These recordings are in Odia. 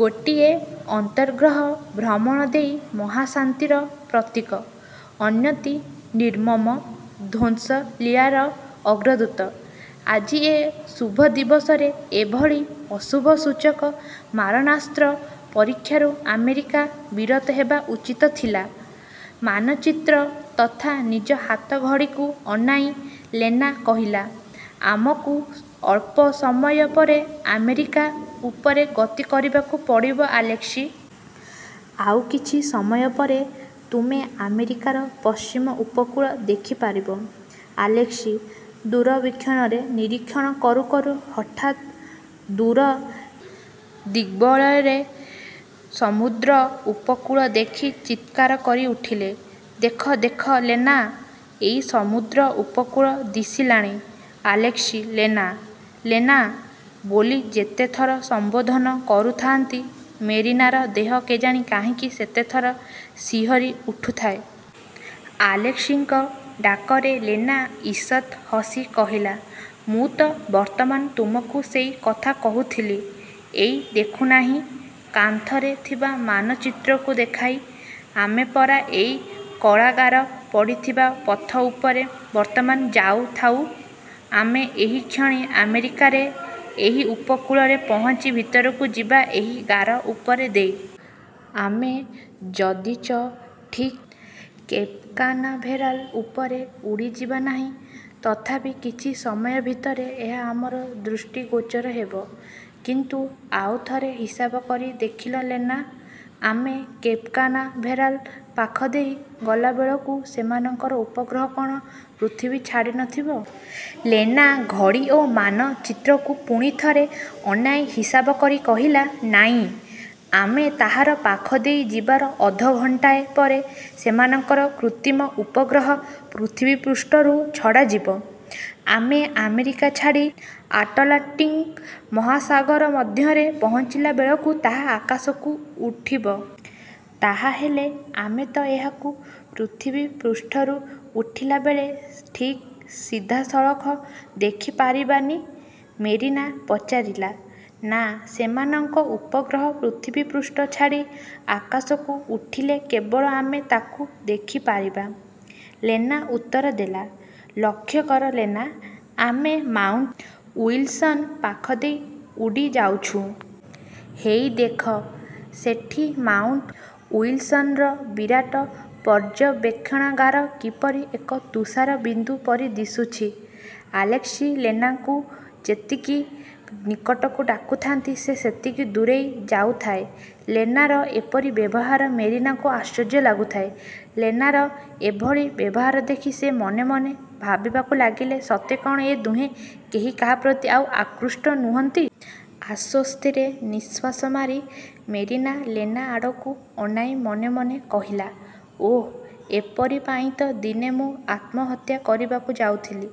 ଗୋଟିଏ ଅନ୍ତର୍ଗ୍ରହ ଭ୍ରମଣ ଦେଇ ମହାଶାନ୍ତିର ପ୍ରତୀକ; ଅନ୍ୟଟି ନିର୍ମମ ଧ୍ୱଂସଲୀଳାର ଅଗ୍ରଦୂତ। ଆଜି ଏ ଶୁଭଦିବସରେ ଏଭଳି ଅଶୁଭସୂଚକ ମାରଣାସ୍ତ୍ର ପରୀକ୍ଷାରୁ ଆମେରିକା ବିରତ ହେବା ଉଚିତ ଥିଲା। '' ମାନଚିତ୍ର ତଥା ନିଜ ହାତଘଡ଼ିକୁ ଅନାଇ ଲେନା କହିଲା, ''ଆମକୁ ଅଳ୍ପ ସମୟ ପରେ ଆମେରିକା ଉପରେ ଗତି କରିବାକୁ ପଡ଼ିବ ଆଲେସ୍କି! ଆଉ କିଛି ସମୟ ପରେ। ତୁମେ ଆମେରିକାର ପଶ୍ଚିମ ଉପକୂଳ ଦେଖିପାରିବ। '' ଆଲେସ୍କି ଦୂରବୀକ୍ଷଣରେ ନିରୀକ୍ଷଣ କରୁ କରୁ ହଠାତ୍ ଦୂର ଦିଗbଳୟରେ ସମୁଦ୍ର ଉପକୂଳ ଦେଖି ଚିତ୍କାର କରି ଉଠିଲେ, ''ଦେଖ, ଦେଖ, ଲେନା! ଏଇ ସମୁଦ୍ର ଉପକୂଳ ଦିଶିଲାଣି। ଆଲେସ୍କି 'ଲେନା, ଲେନା' ବୋଲି ଯେତେଥର ସମ୍ବୋଧନ କରୁଥାନ୍ତି, ମେରିନାର ଦେହ କେଜାଣି କାହିଁକି ସେତେଥର ଶିହରି ଉଠୁଥାଏ। ଆଲେସ୍କିଙ୍କ ଡାକରେ ଲେନା ଈଷତ୍ ହସି କହିଲା, ''ମୁଁ ତ ବର୍ତ୍ତମାନ ତୁମକୁ ସେଇ କଥା କହୁଥିଲି? ଏଇ ଦେଖୁନାହିଁ'' କାନ୍ଥରେ ଥିବା ମାନଚିତ୍ରକୁ ଦେଖାଇ, ''ଆମେ ପରା ଏଇ କଳାଗାର ପଡ଼ିଥିବା ପଥଉପରେ ବର୍ତ୍ତମାନ ଯାଉଥାଉଁ। ଆମେ ଏହିକ୍ଷଣି ଆମେରିକାରେ ଏହି ଊପକୂଳରେ ପହଞ୍ଚି ଭିତରକୁ ଯିବା ଏହି ଗାର ଉପରେ ଦେଇ। ଆମେ ଯଦିଚ ଠିକ୍ କେପ୍କାନାଭେରାଲ ଉପରେ ଉଡ଼ିଯିବା ନାହିଁ, ତଥାପି କିଛି ସମୟ ଭିତରେ ଏହା ଆମର ଦୃଷ୍ଟିଗୋଚର ହେବ। '' ''କିନ୍ତୁ ଆଉ ଥରେ ହିସାବ କରି ଦେଖିଲ ଲେନା, ଆମେ କେପ୍କାନାଭେରାଲ ପାଖଦେଇ ଗଲାବେଳକୁ ସେମାନଙ୍କର ଉପଗ୍ରହ କ'ଣ ପୃଥିବୀ ଛାଡ଼ି ନ ଥିବ? '' ଲେନା ଘଡ଼ି ଓ ମାନଚିତ୍ରକୁ ପୁଣି ଥରେ ଅନାଇ ହିସାବ କରି କହିଲା, ''ନାଇଁ, ଆମେ ତାହାର ପାଖ ଦେଇ ଯିବାର ଅଧଘଣ୍ଟାଏ ପରେ ସେମାନଙ୍କର କୃତ୍ରିମ ଉପଗ୍ରହ ପୃଥିବୀପୃଷ୍ଠରୁ ଛଡ଼ାଯିବ। ଆମେ ଆମେରିକା ଛାଡ଼ି ଆଟଲାଟିଙ୍ଗ ମହାସାଗର ମଧ୍ୟରେ ପହଞ୍ଚିଲା ବେଳକୁ ତାହା ଆକାଶକୁ ଉଠିବ। '' ''ତାହାହେଲେ, ଆମେ ତ ଏହାକୁ ପୃଥିବୀପୃଷ୍ଠରୁ ଉଠିଲାବେଳେ ଠିକ୍ ସିଧାସଳଖ ଦେଖିପାରିବାନି? ମେରିନା ପଚାରିଲା। ''ନା, ସେମାନଙ୍କ ଉପଗ୍ରହ ପୃଥିବୀପୃଷ୍ଠ ଛାଡ଼ି ଆକାଶକୁ ଉଠିଲେ କେବଳ ଆମେ ତାକୁ ଦେଖିପାରିବା। '' ଲେନା ଉତ୍ତର ଦେଲା। ''ଲକ୍ଷ୍ୟକର ଲେନା, ଆମେ ମାଉଣ୍ଟ ଉଇଲ୍ସନ୍ ପାଖଦେଇ ଉଡ଼ିଯାଉଛୁଁ। ହେଇ ଦେଖ, ସେଠି ମାଉଣ୍ଟ ଉଇଲସନର ବିରାଟ ପର୍ଯ୍ୟବେକ୍ଷଣାଗାର କିପରି ଏକ ତୁଷାର ବିନ୍ଦୁ ପରି ଦିଶୁଛି। '' ଆଲେସ୍କି ଲେନାକୁ ଯେତିକି ନିକଟକୁ ଡାକୁଥାନ୍ତି, ସେ ସେତିକି ଦୂରେଇ ଯାଉଥାଏ। ଲେନାର ଏପରି ବ୍ୟବହାର ମେରିନାକୁ ଆଶ୍ଚର୍ଯ୍ୟ ଲାଗୁଥାଏ। ଲେନାର ଏଭଳି ବ୍ୟବହାର ଦେଖି ସେ ମନେ ମନେ ଭାବିବାକୁ ଲାଗିଲା, ''ସତେ କଣ ଏ ଦୁହେଁ କେହି କାହାପ୍ରତି ଆଉ ଆକୃଷ୍ଟ ନୁହନ୍ତି? '' ଆଶ୍ୱସ୍ତିରେ ନିଃଶ୍ୱାସ ମାରି ମେରିନା ଲେନା ଆଡ଼କୁ ଅନାଇ ମନେ ମନେ କହିଲା, ''ଓଃ, ଏପରି ପାଇଁ ତ ଦିନେ ମୁଁ ଆତ୍ମହତ୍ୟା କରିବାକୁ ଯାଉଥିଲି।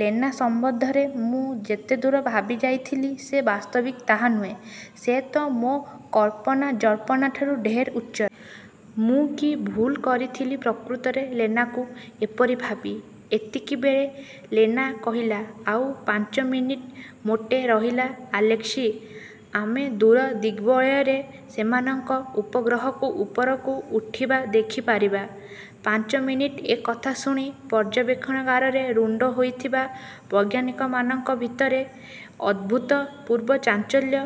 ଲେନା ସମ୍ବନ୍ଧରେ ମୁଁ ଯେତେଦୂର ଭାବିଯାଇଥିଲି, ସେ ବାସ୍ତବିକ୍ ତାହା ନୁହେଁ। ସେ ତ ମୋ କଳ୍ପନା-ଜଳ୍ପନାଠାରୁ ଢେର୍ ଉଚ୍ଚରେ। ମୁଁ କି ଭୁଲ କରିଥିଲି ପ୍ରକୃତରେ ଲେନାକୁ ଏପରି ଭାବି। '' ଏତିକିବେଳେ ଲେନା କହିଲା, ''ଆଉ ପାଞ୍ଚମିନିଟ୍ ମୋଟେ ରହିଲା ଆଲେସ୍କି! ଆମେ ଦୂର ଦିଗବୟରେ ସେମାନଙ୍କ ଉପଗ୍ରହକୁ ଉପରକୁ ଉଠିବା ଦେଖିପାରିବା। '' 'ପାଞ୍ଚ ମିନିଟ୍' ଏ କଥା ଶୁଣି ପର୍ଯ୍ୟବେକ୍ଷଣାଗାରରେ ରୁଣ୍ଡ ହୋଇଥିବା ବୈଜ୍ଞାନିକମାନଙ୍କ ଭିତରେ ଅଦ୍ଭୂତପୂର୍ବ ଚାଞ୍ଚଲ୍ୟ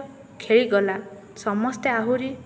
ଖେଳିଗଲା। ସମସ୍ତେ ଆହୁରି